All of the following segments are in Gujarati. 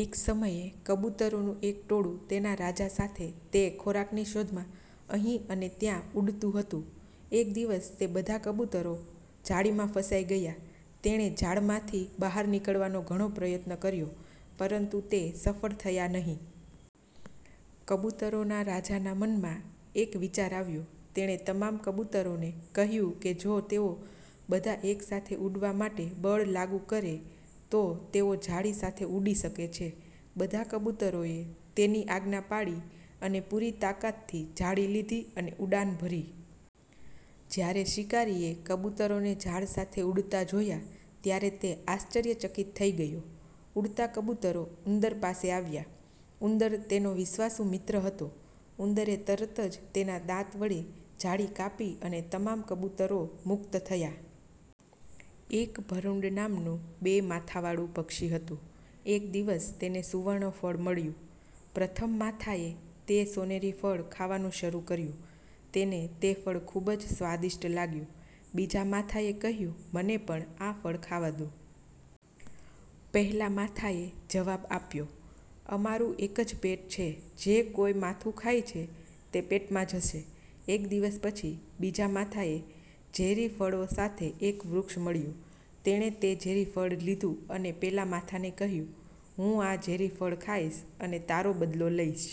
એક સમયે કબૂતરોનું એક ટોળું, તેના રાજા સાથે તે ખોરાકની શોધમાં અહીં અને ત્યાં ઉડતું હતું. એક દિવસ તે બધા કબૂતરો જાળીમાં ફસાઈ ગયા. તેણે જાળમાંથી બહાર નીકળવાનો ઘણો પ્રયત્ન કર્યો પરંતુ તે સફળ થયા નહીં. કબૂતરોના રાજાના મનમાં એક વિચાર આવ્યો. તેણે તમામ કબૂતરોને કહ્યું કે જો તેઓ બધા એક સાથે ઉડવા માટે બળ લાગુ કરે તો તેઓ જાળી સાથે ઉડી શકે છે. બધા કબૂતરોએ તેની આજ્ઞા પાળી અને પૂરી તાકાતથી જાળી લીધી અને ઉડાન ભરી. જ્યારે શિકારીએ કબૂતરોને જાળ સાથે ઉડતા જોયા ત્યારે તે આશ્ચર્યચકિત થઈ ગયો. ઉડતા કબૂતરો ઉંદર પાસે આવ્યા. ઉંદર તેનો વિશ્વાસુ મિત્ર હતો. ઉંદરે તરત જ તેના દાંત વડે જાળી કાપી અને તમામ કબૂતરો મુક્ત થયા. એક ભરૂંડ નામનું બે માથાવાળું પક્ષી હતું. એક દિવસ તેને સુવર્ણ ફળ મળ્યું. પ્રથમ માથાએ તે સોનેરી ફળ ખાવાનું શરૂ કર્યું. તેને તે ફળ ખૂબ જ સ્વાદિષ્ટ લાગ્યું, બીજા માથા એ કહ્યું, "મને પણ આ ફળ ખાવા દો. પહેલા માથા એ જવાબ આપ્યો, "અમારું એક જ પેટ છે. જે કોઈ માથું ખાય છે, તે પેટમાં જશે. એક દિવસ પછી, બીજા માથાને ઝેરી ફળો સાથે એક વૃક્ષ મળ્યું. તેણે તે ઝેરી ફળ લીધું અને પેલા માથા ને કહ્યું, "હું આ ઝેરી ફળ ખાઈશ અને તારો બદલો લઈશ.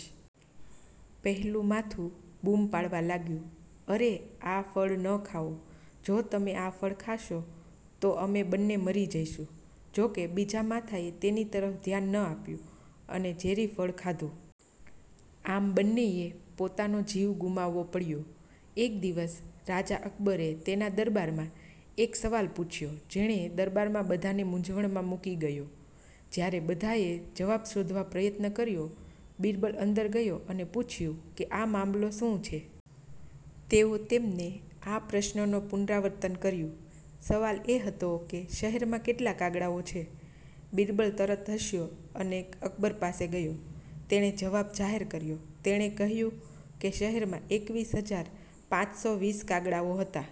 " પહેલું માથું બૂમ પાડવા લાગ્યું, "અરે, આ ફળ ન ખાઓ. જો તમે આ ફળ ખાશો તો અમે બંને મરી જઈશું. જો કે, બીજા માથાએ તેની તરફ ધ્યાન ન આપ્યું અને ઝેરી ફળ ખાધું. આમ, બંનેએ પોતાનો જીવ ગુમાવવો પડ્યો. એક દિવસ, રાજા અકબરે તેના દરબારમાં એક સવાલ પૂછ્યો, જેણે દરબારમાં બધા ને મૂંઝવણમાં મૂકી ગયો. જ્યારે બધાએ જવાબ શોધવા પ્રયત્ન કર્યો, બીરબલ અંદર ગયો અને પૂછ્યું કે આ મામલો શું છે. તેઓ તેમને આ પ્રશ્નનો પુનરાવર્તન કર્યું. સવાલ એ હતો કે, "શહેરમાં કેટલા કાગડાઓ છે? " બીરબલ તરત હસ્યો અને અકબર પાસે ગયો. તેણે જવાબ જાહેર કર્યો; તેણે કહ્યું કે શહેરમાં એકવીસ હજાર, પાંચસો વીસ કાગડાઓ હતા.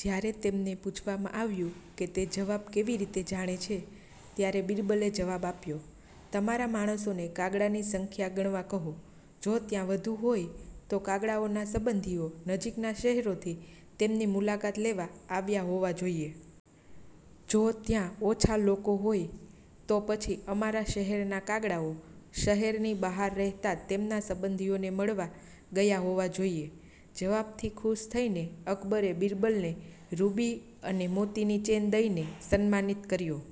જ્યારે તેમને પૂછવામાં આવ્યું કે તે જવાબ કેવી રીતે જાણે છે, ત્યારે બીરબલે જવાબ આપ્યો, "તમારા માણસોને કાગડાની સંખ્યા ગણવા કહો. જો ત્યાં વધુ હોય, તો કાગડાઓના સંબંધીઓ નજીકના શહેરો થી તેમની મુલાકાત લેવા આવ્યા હોવા જોઈએ. જો ત્યાં ઓછા લોકો હોય, તો પછી અમારા શહેરના કાગડાઓ શહેરની બહાર રહેતા તેમના સંબંધીઓ ને મળવા ગયા હોવા જોઈએ. જવાબથી ખુશ થઈને અકબરે બીરબલને રૂબી અને મોતીની ચેન દય ને સન્માનિત કર્યો.